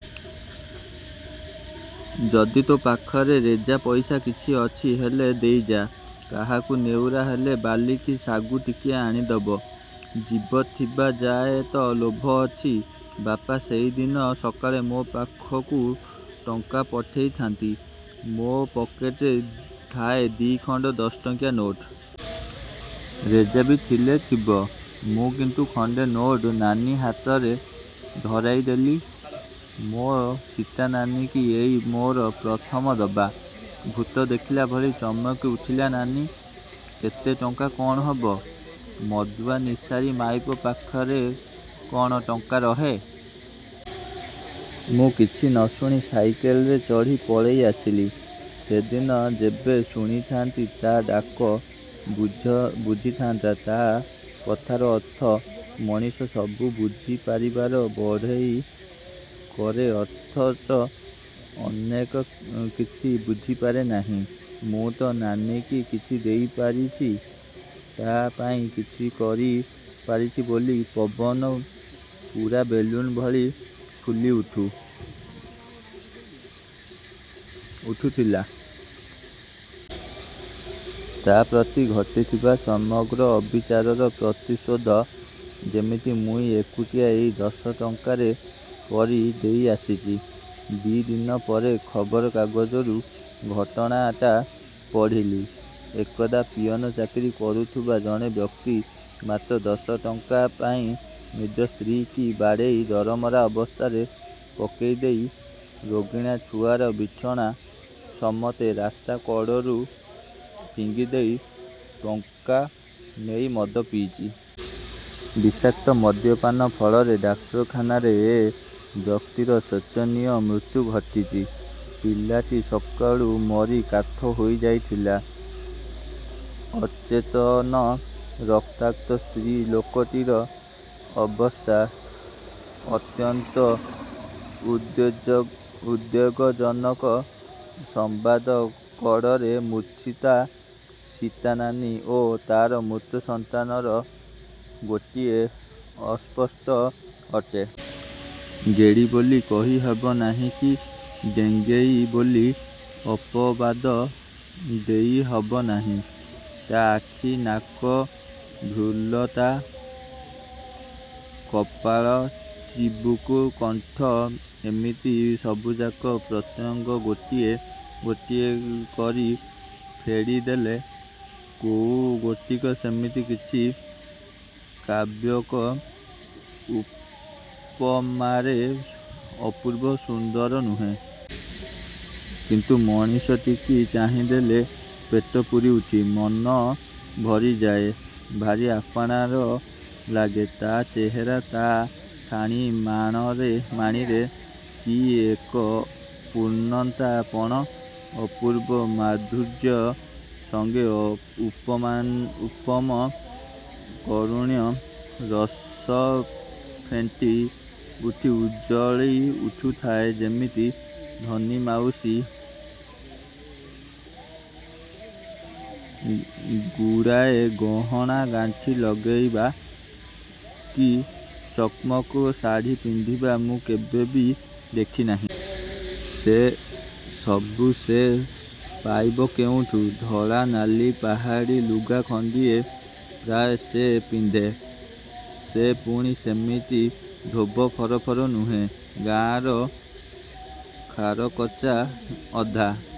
ଯଦି ତୋ ପାଖରେ ରେଜା ପଇସା ଅଛି କିଛି ହେଲେ ଦେଇଯା। କାହାକୁ ନେହୁରା ହେଲେ ବାଲି କି ସାଗୁ ଟିକିଏ ଆଣିଦବ। ଜୀବ ଥିବା ଯାଏ ତ ଲୋଭ ଅଛି। ବାପା ସେଇ ଦିନ ସକାଳେ ମୋ ପାଖକୁ ଟଙ୍କା ପଠାଇ ଥାନ୍ତି। ମୋ ପକେଟରେ ଥାଏ ଦିଖଣ୍ଡ ଦଶ ଟଙ୍କିଆ ନୋଟ। ରେଜାବି ଥିଲେ ଥିବ। ମୁଁ କିନ୍ତୁ ଖଣ୍ଡେ ନୋଟ ନାନୀ ହାତରେ ଧରାଇ ଦେଲି। ମୋ ସୀତା ନାନୀକି ଏଇ ମୋର ପ୍ରଥମ ଦବା। ଭୂତ ଦେଖିଲା ଭଳିଆ ଚମକି ଉଠିଲା ନାନୀ। ଏତେ ଟଙ୍କା କ'ଣ ହବ? ମଦୁଆ ନିଶାରୀ ମାଇପ ପାଖରେ କ'ଣ ଟଙ୍କା ରହେ? ମୁଁ କିଛି ନଶୁଣି ସାଇକେଲରେ ଚଢ଼ି ପଳାଇ ଆସିଲି। ସେଦିନ ଯେବେ ଶୁଣିଥାନ୍ତି ତା' ଡାକ, ବୁଝିଥାନ୍ତି ତା' କଥାର ଅର୍ଥ। ମଣିଷ ସବୁ ବୁଝି ପାରିବାର ବଡ଼େଇ କରେ ଅଥଚ ଅନେକ କିଛି ବୁଝିପାରେ ନାହିଁ-। ମୁଁ ତ ନାନୀକି କିଛି ଦେଇ ପାରିଛି, ତା' ପାଇଁ କିଛି କରି ପାରିଛି ବୋଲି ପବନ ପୁରା ବେଲୁନ୍ ଭଳି ଫୁଲି ଉଠୁଥିଲି। ତା' ପ୍ରତି ଘଟିଥିବା ସମଗ୍ର ଅବିଚାରର ପରିଶୋଧ ଯେମିତି ମୁଁଇ ଏକୁଟିଆ ଏଇ ଦଶଟା ଟଙ୍କାରେ କରି ଦେଇ ଆସିଛି। ଦି' ଦିନ ପରେ ଖବରକାଗଜରୁ ଘଟଣାଟା ପଢ଼ିଲି। ଏକଦା ପିଅନ ଚାକିରି କରୁଥିବା ଜଣେ ବ୍ୟକ୍ତି, ମାତ୍ର ଦଶଟଙ୍କା ପାଇଁ ନିଜ ସ୍ତ୍ରୀ' କି ବାଡ଼େଇ ଦରମରା ଅବସ୍ଥାରେ ପକେଇ ଦେଇ, ରୋଗିଣା ଛୁଆର ବିଛଣା ସମେତ ରାସ୍ତା କଢ଼କୁ ଫିଙ୍ଗିଦେଇ, ଟଙ୍କା ନେଇ ମଦ ପିଇଛି। ବିଷାକ୍ତ ମଦ୍ୟପାନ ଫଳରେ ଡାକ୍ତରଖାନାରେ ଏ ବ୍ୟକ୍ତିର ଶୋଚନୀୟ ମୁତ୍ୟୁ ଘଟିଚି। ପିଲାଟି ସକାଳୁ ମରି କାଠ ହୋଇ ଯାଇଥିଲା। ଅଚେତନ ରକ୍ତାକ୍ତ ସ୍ତ୍ରୀ ଲୋକଟିର ଅବସ୍ଥା ଅତ୍ୟନ୍ତ ଉଦ୍ବେଗଜନକ। ସମ୍ବାଦ କଡ଼ରେ ମୂର୍ଚ୍ଛିତା ସୀତାନାନୀ ଓ ତା'ର ମୃତ ସନ୍ତାନ ର ଗୋଟିଏ ଅସ୍ପଷ୍ଟ ଫଟୋ। ଗେଡ଼ି ବୋଲି କହି ହବ ନାହିଁ କି ଡେଙ୍ଗେଇ ବୋଲି ଅପବାଦ ଦେଇ ହବ ନାହିଁ। ତା' ଆଖି, ନାକ, ଭୃଲତା, କପାଳ, ଚିବୁକ କଣ୍ଠ ଏମିତି ସବୁଯାକ ପ୍ରତ୍ୟଙ୍ଗ ଗୋଟି ଗୋଟି କରି ଫେଡ଼ି ଦେଖିଲେ, କୋଉ ଗୋଟାକ ସେମିତି କିଛି, କାବ୍ୟିକ ଉପମାରେ ଅପୂର୍ବ ସୁନ୍ଦର ନୁହେଁ। କିନ୍ତୁ ମଣିଷଟିକି ଚାହିଁଦେଲେ ପେଟପୁରି ଉଠେ। ମନ ଭରିଯାଏ। ଭାରି ଆପଣାର ଆପଣାର ଲାଗେ। ତା' ଚେହେରା ତା' ଠାଣି ମାଣିରେ କି ଏକ ପୂରନ୍ତା ପଣ, ଅପୂର୍ବ ମାଧୁର୍ଯ୍ୟ ସଙ୍ଗେ ଅନୁପମ କାରୁଣ୍ୟ ରସ ଫେଣ୍ଟି ହୋଇ ଉଛୁଳି ଉଠୁଥାଏ ଯେମିତି। ଧନୀ ମାଉସୀ ଗୁଡ଼ାଏ ଗହଣା ଗାଣ୍ଠି ଲଗେଇବା, କି ଚକ୍ ମକ୍ ଶାଢ଼ି ପିନ୍ଧିବା, ମୁଁ କେବେ ବି ଦେଖିନାହିଁ। ସେ ସବୁ ସେ ପାଇବ କେଉଠୁ? ଧଳା, ନାଲି ପାହାଡ଼ି ଲୁଗା ଖଣ୍ଡିଏ, ପ୍ରାୟ ସେ ପିନ୍ଧେ-। ସେ ପୁଣି ସେମିତି ଧୋବ ଫର ଫର ନୁହେଁ। ଗାଁ'ର ଖାରକଚା ଅଧା